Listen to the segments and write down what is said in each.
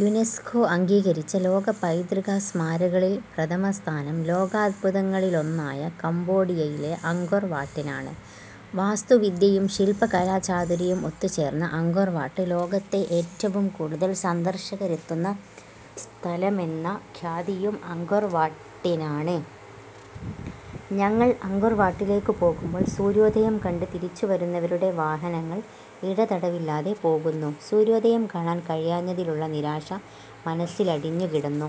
UNESCO അംഗീകരിച്ച ലോക പൈതൃകസ്മാരകളിൽ പ്രഥമസ്ഥാനം ലോകാദ്ഭുതങ്ങളിലൊന്നായ കംബോഡിയയിലെ അങ്കൊർ വാട്ടിനാണ്. വാസ്തുവിദ്യയും ശില്പകലാചാതുരിയും ഒത്തുചേർന്ന അങ്കൊർ വാട്ട്. ലോകത്തെ ഏറ്റവും കൂടുതൽ സന്ദർശകരെത്തുന്ന സ്ഥലമെന്ന ഖ്യാതിയും അങ്കൊർ വാട്ടിനാണ്. ഞങ്ങൾ അങ്കൊർ വാട്ടിലേക്കു പോകുമ്പോൾ സൂര്യോദയം കണ്ട് തിരിച്ചുവരുന്നവരുടെ വാഹനങ്ങൾ ഇടതടവില്ലാതെ പോകുന്നു. സൂര്യോദയം കാണാൻ കഴിയാഞ്ഞതിലുള്ള നിരാശ മനസ്സിലടിഞ്ഞുകിടന്നു.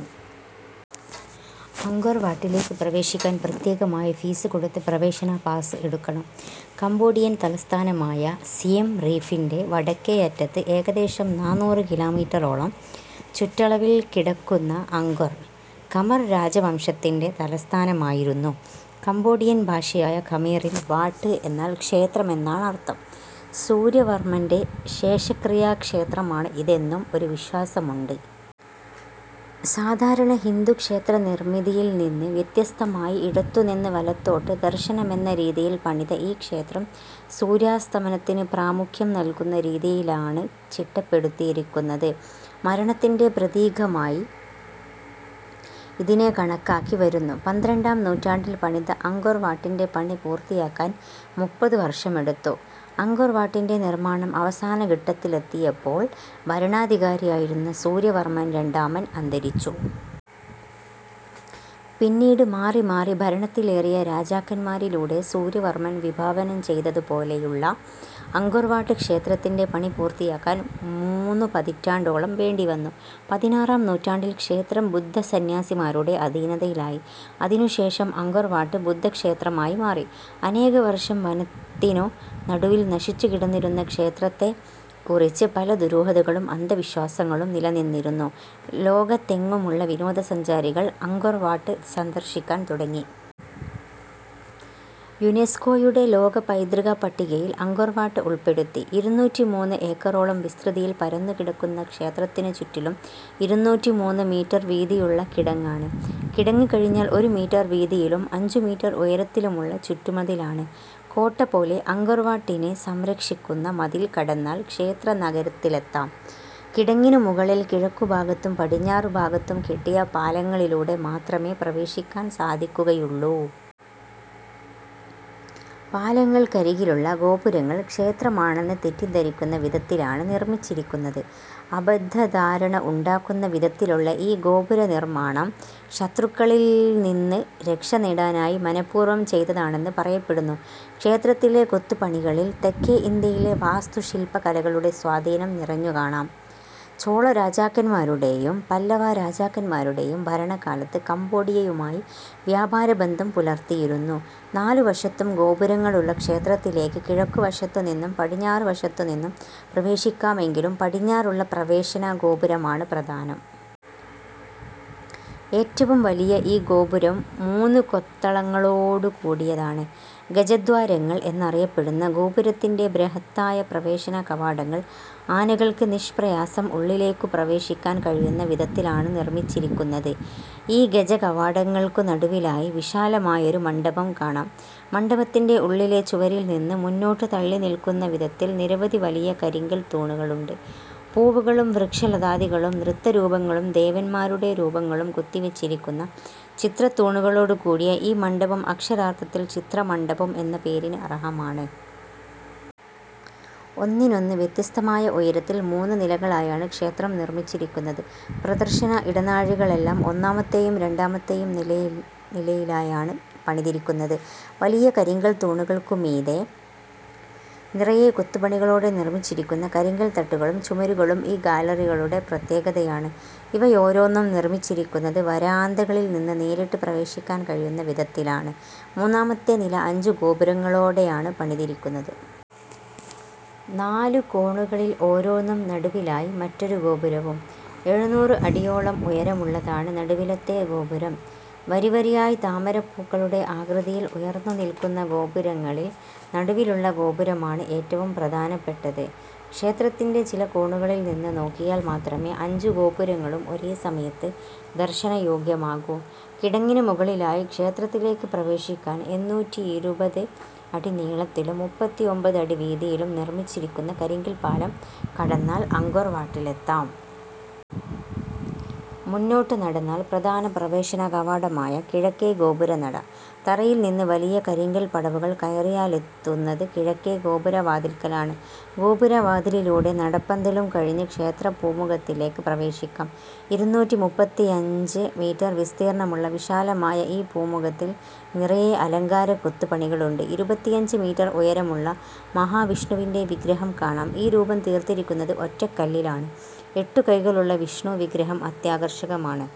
അങ്കൊർ വാട്ടിലേക്ക് പ്രവേശിക്കാൻ പ്രത്യേകമായി ഫീസ് കൊടുത്ത് പ്രവേശന പാസ് എടുക്കണം. കംബോഡിയൻ തലസ്ഥാനമായ സിയെംറീഫിന്റെ വടക്കേയറ്റത്ത് ഏകദേശം നാനൂറ് കിലോമീറ്ററോളം ചുറ്റളവിൽക്കിടക്കുന്ന അങ്കൊർ, ഖമർ രാജവംശത്തിന്‍റെ തലസ്ഥാനമായിരുന്നു. കംബോഡിയൻ ഭാഷയായ ഖമീറിൽ ' വാട്ട് ' എന്നാൽ ക്ഷേത്രമെന്നാണർഥം. സൂര്യവർമന്റെ ശേഷക്രിയാക്ഷേത്രമാണ് ഇതെന്നും ഒരു വിശ്വാസമുണ്ട്. സാധാരണ ഹിന്ദുക്ഷേത്രനിർമിതിയിൽനിന്ന് വ്യത്യസ്തമായി ഇടത്തുനിന്ന് വലത്തോട്ട് ദർശനമെന്ന രീതിയിൽ പണിത ഈ ക്ഷേത്രം സൂര്യാസ്തമനത്തിന് പ്രാമുഖ്യം നൽകുന്ന രീതിയിലാണ് ചിട്ടപ്പെടുത്തിയിരിക്കുന്നത്. മരണത്തിന്‍റെ പ്രതീകമായി ഇതിനെ കണക്കാക്കിവരുന്നു. പന്ത്രണ്ടാം നൂറ്റാണ്ടിൽ പണിത അങ്കൊർ വട്ടിന്‍റെ പണി പൂർത്തിയാക്കാൻ മുപ്പത് വർഷമെടുത്തു. അങ്കൊർ വട്ടിന്‍റെ നിർമാണം അവസാനഘട്ടത്തിലെത്തിയപ്പോൾ ഭരണാധികാരിയായിരുന്ന സൂര്യവർമൻ രണ്ടാമൻ അന്തരിച്ചു. പിന്നീട് മാറിമാറി ഭരണത്തിലേറിയ രാജാക്കന്മാരിലൂടെ, സൂര്യവർമൻ വിഭാവനംചെയ്തതുപോലെയുള്ള അങ്കൊർ വാട്ട് ക്ഷേത്രത്തിന്റെ പണി പൂർത്തിയാക്കാൻ മൂന്നുപതിറ്റാണ്ടോളം വേണ്ടിവന്നു. പതിനാറാം നൂറ്റാണ്ടിൽ ക്ഷേത്രം ബുദ്ധസന്ന്യാസിമാരുടെ അധീനതയിലായി. അതിനുശേഷം അങ്കൊർ വാട്ട് ബുദ്ധക്ഷേത്രമായി മാറി. അനേകവർഷം വനത്തിനു നടുവിൽ നശിച്ചുകിടന്നിരുന്ന ക്ഷേത്രത്തെക്കുറിച്ച് പല ദുരൂഹതകളും അന്ധവിശ്വാസങ്ങളും നിലനിന്നിരുന്നു. ലോകത്തെങ്ങുമുള്ള വിനോദസഞ്ചാരികൾ അങ്കൊർ വാട്ട് സന്ദർശിക്കാൻ തുടങ്ങി. യുനെസ്കോയുടെ ലോക പൈതൃകപ്പട്ടികയിൽ അങ്കൊർവാട്ട് ഉൾപ്പെടുത്തി. ഇരുന്നൂറ്റിമൂന്ന് ഏക്കറോളം വിസ്തൃതിയിൽ പരന്നുകിടക്കുന്ന ക്ഷേത്രത്തിനുചുറ്റിലും ഇരുന്നൂറ്റിമൂന്ന് മീറ്റർ വീതിയുള്ള കിടങ്ങാണ്. കിടങ്ങ് കഴിഞ്ഞാൽ ഒരു മീറ്റർ വീതിയിലും അഞ്ചുമീറ്റർ ഉയരത്തിലുമുള്ള ചുറ്റുമതിലാണ്. കോട്ടപോലെ, അങ്കൊർവാട്ടിനെ സംരക്ഷിക്കുന്ന മതിൽ കടന്നാൽ ക്ഷേത്രനഗരത്തിലെത്താം. കിടങ്ങിനു മുകളിൽ കിഴക്കുഭാഗത്തും പടിഞ്ഞാറുഭാഗത്തും കെട്ടിയ പാലങ്ങളിലൂടെ മാത്രമേ പ്രവേശിക്കാൻ സാധിക്കുകയുള്ളൂ. പാലങ്ങൾക്കരികിലുള്ള ഗോപുരങ്ങൾ ക്ഷേത്രമാണെന്ന് തെറ്റിദ്ധരിക്കുന്ന വിധത്തിലാണ് നിർമിച്ചിരിക്കുന്നത്. അബദ്ധധാരണ ഉണ്ടാക്കുന്ന വിധത്തിലുള്ള ഈ ഗോപുരനിർമാണം ശത്രുക്കളിൽനിന്ന് രക്ഷനേടാനായി മനഃപൂർവം ചെയ്തതാണെന്ന് പറയപ്പെടുന്നു. ക്ഷേത്രത്തിലെ കൊത്തുപണികളിൽ തെക്കെ ഇന്ത്യയിലെ വാസ്തുശില്പകലകളുടെ സ്വാധീനം നിറഞ്ഞുകാണാം. ചോളരാജാക്കന്മാരുടെയും പല്ലവരാജാക്കന്മാരുടെയും ഭരണകാലത്ത് കംബോഡിയയുമായി വ്യാപാരബന്ധം പുലർത്തിയിരുന്നു. നാലുവശത്തും ഗോപുരങ്ങളുള്ള ക്ഷേത്രത്തിലേക്ക് കിഴക്കുവശത്തുനിന്നും പടിഞ്ഞാറുവശത്തുനിന്നും പ്രവേശിക്കാമെങ്കിലും പടിഞ്ഞാറുള്ള പ്രവേശനഗോപുരമാണ് പ്രധാനം. ഏറ്റവും വലിയ ഈ ഗോപുരം മൂന്നു കൊത്തളങ്ങളോടുകൂടിയതാണ്. ഗജദ്വാരങ്ങൾ എന്നറിയപ്പെടുന്ന ഗോപുരത്തിന്റെ ബൃഹത്തായ പ്രവേശനകവാടങ്ങൾ ആനകൾക്ക് നിഷ്പ്രയാസം ഉള്ളിലേക്കു പ്രവേശിക്കാൻ കഴിയുന്ന വിധത്തിലാണ് നിർമിച്ചിരിക്കുന്നത്. ഈ ഗജകവാടങ്ങൾക്കു നടുവിലായി വിശാലമായൊരു മണ്ഡപം കാണാം. മണ്ഡപത്തിന്‍റെ ഉള്ളിലെ ചുവരിൽനിന്ന് മുന്നോട്ടു തള്ളിനിൽക്കുന്നവിധത്തിൽ നിരവധി വലിയ കരിങ്കൽത്തൂണുകളുണ്ട്. പൂവുകളും വൃക്ഷലതാദികളും നൃത്തരൂപങ്ങളും ദേവന്മാരുടെ രൂപങ്ങളും കൊത്തിവെച്ചിരിക്കുന്ന, ചിത്രത്തൂണുകളോടുകൂടിയ ഈ മണ്ഡപം അക്ഷരാർഥത്തിൽ ചിത്രമണ്ഡപം എന്ന പേരിന് അർഹമാണ്. ഒന്നിനൊന്ന് വ്യത്യസ്തമായ ഉയരത്തിൽ മൂന്നുനിലകളായാണ് ക്ഷേത്രം നിർമിച്ചിരിക്കുന്നത്. പ്രദർശന ഇടനാഴികളെല്ലാം ഒന്നാമത്തെയും രണ്ടാമത്തെയും നിലയി നിലയിലായാണ് പണിതിരിക്കുന്നത്. വലിയ കരിങ്കൽത്തൂണുകൾക്കു മീതെ നിറയെ കൊത്തുപണികളോടെ നിർമിച്ചിരിക്കുന്ന കരിങ്കൽത്തട്ടുകളും ചുമരുകളും ഈ ഗാലറികളുടെ പ്രത്യേകതയാണ്. ഇവയോരോന്നും നിർമിച്ചിരിക്കുന്നത്, വരാന്തകളിൽനിന്ന് നേരിട്ട് പ്രവേശിക്കാൻ കഴിയുന്ന വിധത്തിലാണ്. മൂന്നാമത്തെ നില അഞ്ചുഗോപുരങ്ങളോടെയാണ് പണിതിരിക്കുന്നത്. നാലു കോണുകളിൽ ഓരോന്നും നടുവിലായി മറ്റൊരു ഗോപുരവും. എഴുനൂറ് അടിയോളം ഉയരമുള്ളതാണ് നടുവിലത്തെ ഗോപുരം. വരിവരിയായി താമരപ്പൂക്കളുടെ ആകൃതിയിൽ ഉയർന്നുനിൽക്കുന്ന ഗോപുരങ്ങളിൽ നടുവിലുള്ള ഗോപുരമാണ് ഏറ്റവും പ്രധാനപ്പെട്ടത്. ക്ഷേത്രത്തിന്‍റെ ചില കോണുകളിൽനിന്ന് നോക്കിയാൽ മാത്രമേ അഞ്ചു ഗോപുരങ്ങളും ഒരേസമയത്ത് ദർശനയോഗ്യമാകൂ. കിടങ്ങിനുമുകളിലായി ക്ഷേത്രത്തിലേക്ക് പ്രവേശിക്കാൻ എന്നൂറ്റിയിരുപത് അടി നീളത്തിലും മൂപ്പത്തിഒമ്പത് അടി വീതിയിലും നിർമിച്ചിരിക്കുന്ന കരിങ്കൽപ്പാലം കടന്നാൽ അങ്കൊർ വാട്ടിലെത്താം. മുന്നോട്ടു നടന്നാൽ പ്രധാന പ്രവേശനകവാടമായ കിഴക്കേ ഗോപുരനട. തറയിൽനിന്ന് വലിയ കരിങ്കൽപ്പടവുകൾ കയറിയാലെത്തുന്നത് കിഴക്കേ ഗോപുരവാതിൽക്കലാണ്. ഗോപുരവാതിലിലൂടെ നടപ്പന്തലും കഴിഞ്ഞ് ക്ഷേത്രപൂമുഖത്തിലേക്ക് പ്രവേശിക്കാം. ഇരുന്നൂറ്റിമൂപ്പത്തിയഞ്ച് മീറ്റർ വിസ്തീർണമുള്ള വിശാലമായ ഈ പുമുഖത്തിൽ നിറയെ അലങ്കാരക്കൊത്തുപണികളുണ്ട്. ഇരുപത്തിയഞ്ച് മീറ്റർ ഉയരമുള്ള, മഹാവിഷ്ണുവിന്‍റെ വിഗ്രഹം കാണാം. ഈ രൂപം തീർത്തിരിക്കുന്നത് ഒറ്റക്കല്ലിലാണ്. എട്ടു കൈകളുള്ള വിഷ്ണുവിഗ്രഹം അത്യാകർഷകമാണ്.